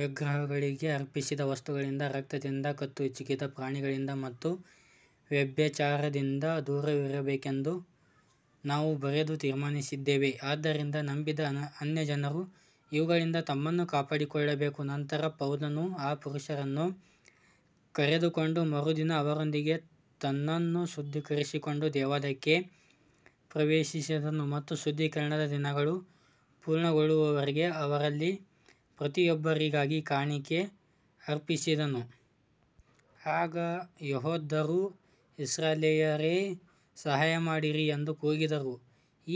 ವಿಗ್ರಹಗಳಿಗೆ ಅರ್ಪಿಸಿದ ವಸ್ತುಗಳಿಂದ, ರಕ್ತದಿಂದ, ಕತ್ತುಹಿಸುಕಿದ ಪ್ರಾಣಿಗಳಿಂದ ಮತ್ತು ವ್ಯಭಿಚಾರದಿಂದ ದೂರವಿರಬೇಕೆಂದು ನಾವು ಬರೆದು ತೀರ್ಮಾನಿಸಿದ್ದೇವೆ. ಆದ್ದರಿಂದ ನಂಬಿದ ಅನ್ಯಜನರು ಇವುಗಳಿಂದ ತಮ್ಮನ್ನು ಕಾಪಾಡಿಕೊಳ್ಳಬೇಕು. ನಂತರ ಪೌಲನು ಆ ಪುರುಷರನ್ನು ಕರೆದುಕೊಂಡು ಮರುದಿನ ಅವರೊಂದಿಗೆ ತನ್ನನ್ನು ಶುದ್ಧೀಕರಿಸಿಕೊಂಡು ದೇವಾಲಯಕ್ಕೆ ಪ್ರವೇಶಿಸಿದನು ಮತ್ತು ಶುದ್ಧೀಕರಣದ ದಿನಗಳು ಪೂರ್ಣಗೊಳ್ಳುವವರೆಗೆ ಅವರಲ್ಲಿ ಪ್ರತಿಯೊಬ್ಬರಿಗಾಗಿ ಕಾಣಿಕೆ ಅರ್ಪಿಸಿದನು. ಆಗ ಯೆಹೂದ್ಯರು, ಇಸ್ರಾಯೇಲ್ಯರೇ, ಸಹಾಯಮಾಡಿರಿ ಎಂದು ಕೂಗಿದರು.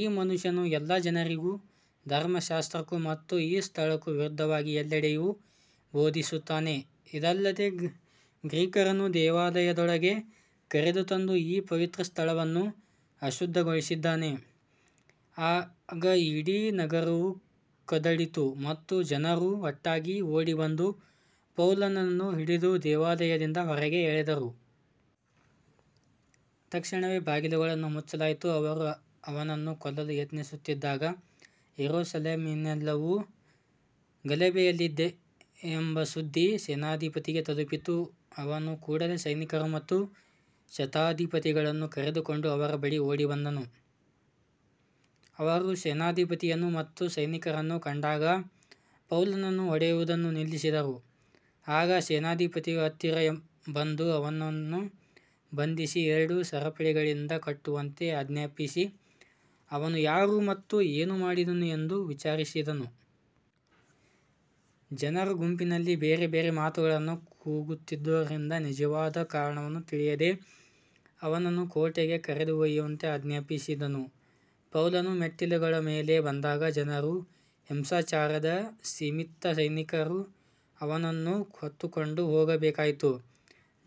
ಈ ಮನುಷ್ಯನು ಎಲ್ಲ ಜನರಿಗೂ, ಧರ್ಮಶಾಸ್ತ್ರಕ್ಕೂ ಮತ್ತು ಈ ಸ್ಥಳಕ್ಕೂ ವಿರುದ್ಧವಾಗಿ ಎಲ್ಲೆಡೆಯೂ ಬೋಧಿಸುತ್ತಾನೆ. ಇದಲ್ಲದೆ ಗ್ರೀಕರನ್ನೂ ದೇವಾಲಯದೊಳಗೆ ಕರೆತಂದು ಈ ಪವಿತ್ರ ಸ್ಥಳವನ್ನು ಅಶುದ್ಧಗೊಳಿಸಿದ್ದಾನೆ. ಆಗ ಇಡೀ ನಗರವು ಕದಡಿತು ಮತ್ತು ಜನರು ಒಟ್ಟಾಗಿ ಓಡಿಬಂದು ಪೌಲನನ್ನು ಹಿಡಿದು ದೇವಾಲಯದಿಂದ ಹೊರಗೆ ಎಳೆದರು. ತಕ್ಷಣವೇ ಬಾಗಿಲುಗಳನ್ನು ಮುಚ್ಚಲಾಯಿತು. ಅವರು ಅವನನ್ನು ಕೊಲ್ಲಲು ಯತ್ನಿಸುತ್ತಿದ್ದಾಗ ಯೆರೂಸಲೇಮಿನೆಲ್ಲವೂ ಗಲಭೆಯಲ್ಲಿದೆ ಎಂಬ ಸುದ್ದಿ ಸೇನಾಧಿಪತಿಗೆ ತಲುಪಿತು. ಅವನು ಕೂಡಲೇ ಸೈನಿಕರು ಮತ್ತು ಶತಾಧಿಪತಿಗಳನ್ನು ಕರೆದುಕೊಂಡು ಅವರ ಬಳಿಗೆ ಓಡಿಬಂದನು. ಅವರು ಸೇನಾಧಿಪತಿಯನ್ನು ಮತ್ತು ಸೈನಿಕರನ್ನು ಕಂಡಾಗ ಪೌಲನನ್ನು ಹೊಡೆಯುವುದನ್ನು ನಿಲ್ಲಿಸಿದರು. ಆಗ ಸೇನಾಧಿಪತಿಯು ಹತ್ತಿರ ಬಂದು ಅವನನ್ನು ಬಂಧಿಸಿ ಎರಡು ಸರಪಳಿಗಳಿಂದ ಕಟ್ಟುವಂತೆ ಆಜ್ಞಾಪಿಸಿ, ಅವನು ಯಾರು ಮತ್ತು ಏನು ಮಾಡಿದನು ಎಂದು ವಿಚಾರಿಸಿದನು. ಜನರು ಗುಂಪಿನಲ್ಲಿ ಬೇರೆಬೇರೆ ಮಾತುಗಳನ್ನು ಕೂಗುತ್ತಿದ್ದುದರಿಂದ ನಿಜವಾದ ಕಾರಣವನ್ನು ತಿಳಿಯದೆ ಅವನನ್ನು ಕೋಟೆಗೆ ಕರೆದೊಯ್ಯುವಂತೆ ಆಜ್ಞಾಪಿಸಿದನು. ಪೌಲನು ಮೆಟ್ಟಿಲುಗಳ ಮೇಲೆ ಬಂದಾಗ ಜನರ ಹಿಂಸಾಚಾರದ ನಿಮಿತ್ತ ಸೈನಿಕರು ಅವನನ್ನು ಹೊತ್ತುಕೊಂಡು ಹೋಗಬೇಕಾಯಿತು.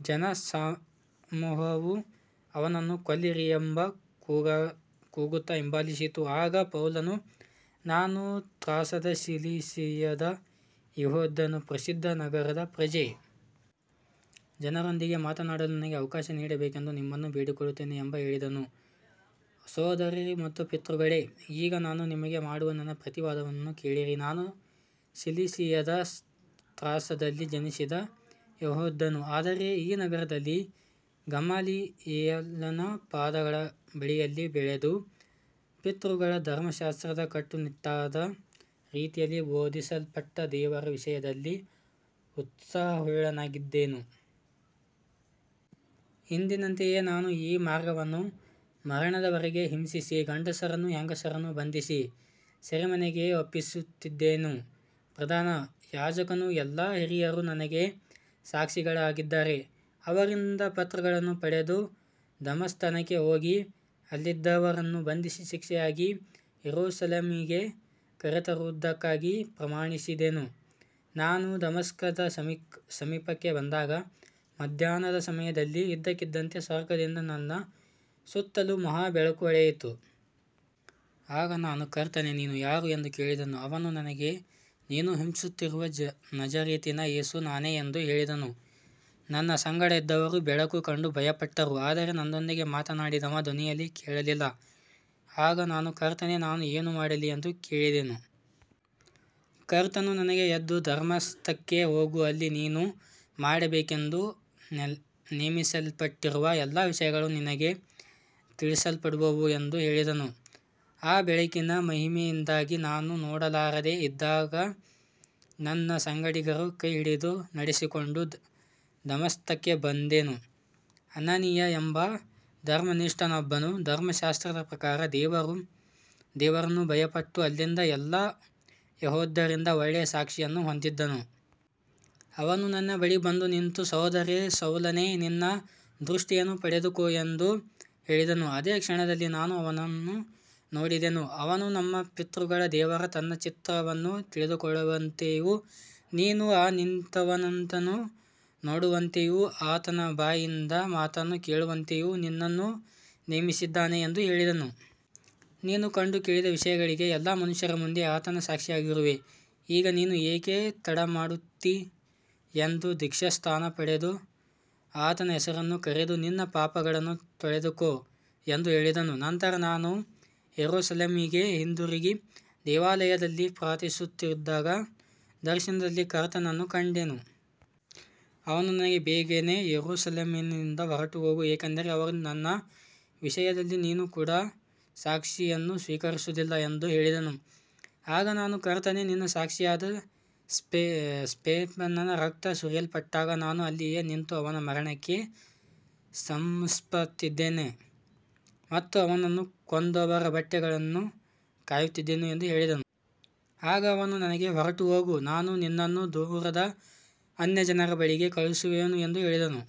ಜನಸಮೂಹವು ಅವನನ್ನು ಕೊಲ್ಲಿರಿ ಎಂದು ಕೂಗುತ್ತಾ ಹಿಂಬಾಲಿಸಿತು. ಆಗ ಪೌಲನು, ನಾನು ತಾರ್ಸದ ಸಿಲಿಸಿಯದ ಯೆಹೂದ್ಯನು, ಪ್ರಸಿದ್ಧ ನಗರದ ಪ್ರಜೆ. ಜನರೊಂದಿಗೆ ಮಾತನಾಡಲು ನನಗೆ ಅವಕಾಶ ನೀಡಬೇಕೆಂದು ನಿಮ್ಮನ್ನು ಬೇಡಿಕೊಳ್ಳುತ್ತೇನೆ ಎಂದು ಹೇಳಿದನು. ಸಹೋದರರೇ ಮತ್ತು ಪಿತೃಗಳೇ, ಈಗ ನಾನು ನಿಮಗೆ ಮಾಡುವ ನನ್ನ ಪ್ರತಿವಾದವನ್ನು ಕೇಳಿರಿ. ನಾನು ಸಿಲಿಸಿಯದ ತಾರ್ಸದಲ್ಲಿ ಜನಿಸಿದ ಯೆಹೂದ್ಯನು, ಆದರೆ ಈ ನಗರದಲ್ಲಿ ಗಮಾಲಿಯೇಲನ ಪಾದಗಳ ಬಳಿಯಲ್ಲಿ ಬೆಳೆದು, ಪಿತೃಗಳ ಧರ್ಮಶಾಸ್ತ್ರದ ಕಟ್ಟುನಿಟ್ಟಾದ ರೀತಿಯಲ್ಲಿ ಬೋಧಿಸಲ್ಪಟ್ಟು, ದೇವರ ವಿಷಯದಲ್ಲಿ ಉತ್ಸಾಹವುಳ್ಳವನಾಗಿದ್ದೆನು. ಇಂದಿನಂತೆಯೇ ನಾನು ಈ ಮಾರ್ಗವನ್ನು ಮರಣದವರೆಗೆ ಹಿಂಸಿಸಿ, ಗಂಡಸರನ್ನೂ ಹೆಂಗಸರನ್ನೂ ಬಂಧಿಸಿ ಸೆರೆಮನೆಗೆ ಒಪ್ಪಿಸುತ್ತಿದ್ದೆನು. ಪ್ರಧಾನ ಯಾಜಕನೂ ಎಲ್ಲಾ ಹಿರಿಯರೂ ನನಗೆ ಸಾಕ್ಷಿಗಳಾಗಿದ್ದಾರೆ. ಅವರಿಂದ ಪತ್ರಗಳನ್ನು ಪಡೆದು, ದಮಸ್ಕಕ್ಕೆ ಹೋಗಿ ಅಲ್ಲಿದ್ದವರನ್ನು ಬಂಧಿಸಿ ಶಿಕ್ಷೆಗಾಗಿ ಯೆರೂಸಲೇಮಿಗೆ ಕರೆತರುವುದಕ್ಕಾಗಿ ಪ್ರಯಾಣಿಸಿದೆನು. ನಾನು ದಮಸ್ಕದ ಸಮೀಪಕ್ಕೆ ಬಂದಾಗ ಮಧ್ಯಾಹ್ನದ ಸಮಯದಲ್ಲಿ ಇದ್ದಕ್ಕಿದ್ದಂತೆ ಸ್ವರ್ಗದಿಂದ ನನ್ನ ಸುತ್ತಲೂ ಮಹಾ ಬೆಳಕು ಹೊಳೆಯಿತು. ಆಗ ನಾನು, ಕರ್ತನೇ, ನೀನು ಯಾರು ಎಂದು ಕೇಳಿದೆನು. ಅವನು ನನಗೆ, ನೀನು ಹಿಂಸಿಸುತ್ತಿರುವ ನಜರೇತಿನ ಯೇಸು ನಾನೇ ಎಂದು ಹೇಳಿದನು. ನನ್ನ ಸಂಗಡ ಇದ್ದವರು ಬೆಳಕನ್ನು ಕಂಡು ಭಯಪಟ್ಟರು, ಆದರೆ ನನ್ನೊಂದಿಗೆ ಮಾತನಾಡಿದವನ ಧ್ವನಿಯನ್ನು ಕೇಳಲಿಲ್ಲ. ಆಗ ನಾನು, ಕರ್ತನೇ, ನಾನು ಏನು ಮಾಡಲಿ ಎಂದು ಕೇಳಿದೆನು. ಕರ್ತನು ನನಗೆ, ಎದ್ದು ದಮಸ್ಕಕ್ಕೆ ಹೋಗು. ಅಲ್ಲಿ ನೀನು ಮಾಡಬೇಕೆಂದು ನೇಮಿಸಲ್ಪಟ್ಟಿರುವ ಎಲ್ಲ ವಿಷಯಗಳು ನಿನಗೆ ತಿಳಿಸಲ್ಪಡುವವು ಎಂದು ಹೇಳಿದನು. ಆ ಬೆಳಕಿನ ಮಹಿಮೆಯಿಂದಾಗಿ ನಾನು ನೋಡಲಾರದೆ ಇದ್ದಾಗ ನನ್ನ ಸಂಗಡಿಗರು ಕೈಹಿಡಿದು ನಡೆಸಿಕೊಂಡು ದಮಸ್ಕಕ್ಕೆ ಬಂದೆನು. ಅನನೀಯ ಎಂಬ ಧರ್ಮನಿಷ್ಠನೊಬ್ಬನು ಧರ್ಮಶಾಸ್ತ್ರದ ಪ್ರಕಾರ ದೇವರನ್ನು ಭಯಪಟ್ಟು ಅಲ್ಲಿದ್ದ ಎಲ್ಲಾ ಯೆಹೂದ್ಯರಿಂದ ಒಳ್ಳೆಯ ಸಾಕ್ಷಿಯನ್ನು ಹೊಂದಿದ್ದನು. ಅವನು ನನ್ನ ಬಳಿಗೆ ಬಂದು ನಿಂತು, ಸಹೋದರ ಸೌಲನೇ, ನಿನ್ನ ದೃಷ್ಟಿಯನ್ನು ಪಡೆದುಕೋ ಎಂದು ಹೇಳಿದನು. ಅದೇ ಕ್ಷಣದಲ್ಲಿ ನಾನು ಅವನನ್ನು ನೋಡಿದೆನು. ಅವನು, ನಮ್ಮ ಪಿತೃಗಳ ದೇವರು ತನ್ನ ಚಿತ್ತವನ್ನು ತಿಳಿದುಕೊಳ್ಳುವಂತೆಯೂ ನೀನು ಆ ನೀತಿವಂತನನ್ನು ನೋಡುವಂತೆಯೂ ಆತನ ಬಾಯಿಂದ ಮಾತನ್ನು ಕೇಳುವಂತೆಯೂ ನಿನ್ನನ್ನು ನೇಮಿಸಿದ್ದಾನೆ ಎಂದು ಹೇಳಿದನು. ನೀನು ಕಂಡು ಕೇಳಿದ ವಿಷಯಗಳಿಗೆ ಎಲ್ಲಾ ಮನುಷ್ಯರ ಮುಂದೆ ಆತನ ಸಾಕ್ಷಿಯಾಗಿರುವೆ. ಈಗ ನೀನು ಏಕೆ ತಡಮಾಡುತ್ತೀ? ಎದ್ದು ದೀಕ್ಷಾಸ್ನಾನ ಪಡೆದು ಆತನ ಹೆಸರನ್ನು ಕರೆದು ನಿನ್ನ ಪಾಪಗಳನ್ನು ತೊಳೆದುಕೋ ಎಂದು ಹೇಳಿದನು. ನಂತರ ನಾನು ಯೆರೂಸಲೇಮಿಗೆ ಹಿಂದಿರುಗಿ ದೇವಾಲಯದಲ್ಲಿ ಪ್ರಾರ್ಥಿಸುತ್ತಿದ್ದಾಗ ದರ್ಶನದಲ್ಲಿ ಕರ್ತನನ್ನು ಕಂಡೆನು. ಅವನು ನನಗೆ, ಬೇಗನೆ ಯೆರೂಸಲೇಮಿನಿಂದ ಹೊರಟುಹೋಗು, ಏಕೆಂದರೆ ಅವರು ನನ್ನ ವಿಷಯದಲ್ಲಿ ನೀನು ಕೊಡುವ ಸಾಕ್ಷಿಯನ್ನು ಸ್ವೀಕರಿಸುವುದಿಲ್ಲ ಎಂದು ಹೇಳಿದನು. ಆಗ ನಾನು, ಕರ್ತನೇ, ನಿನ್ನ ಸಾಕ್ಷಿಯಾದ ಸ್ತೆಫನನ ರಕ್ತ ಸುರಿಸಲ್ಪಟ್ಟಾಗ ನಾನೂ ಅಲ್ಲಿಯೇ ನಿಂತು ಅವನ ಮರಣಕ್ಕೆ ಸಮ್ಮತಿಸಿದ್ದೆನು ಮತ್ತು ಅವನನ್ನು ಕೊಂದವರ ಬಟ್ಟೆಗಳನ್ನು ಕಾಯುತ್ತಿದ್ದೆನು ಎಂದು ಹೇಳಿದೆನು. ಆಗ ಅವನು ನನಗೆ, ಹೊರಟುಹೋಗು, ನಾನು ನಿನ್ನನ್ನು ದೂರದ ಅನ್ಯಜನರ ಬಳಿಗೆ ಕಳುಹಿಸುವೆನು ಎಂದು ಹೇಳಿದನು.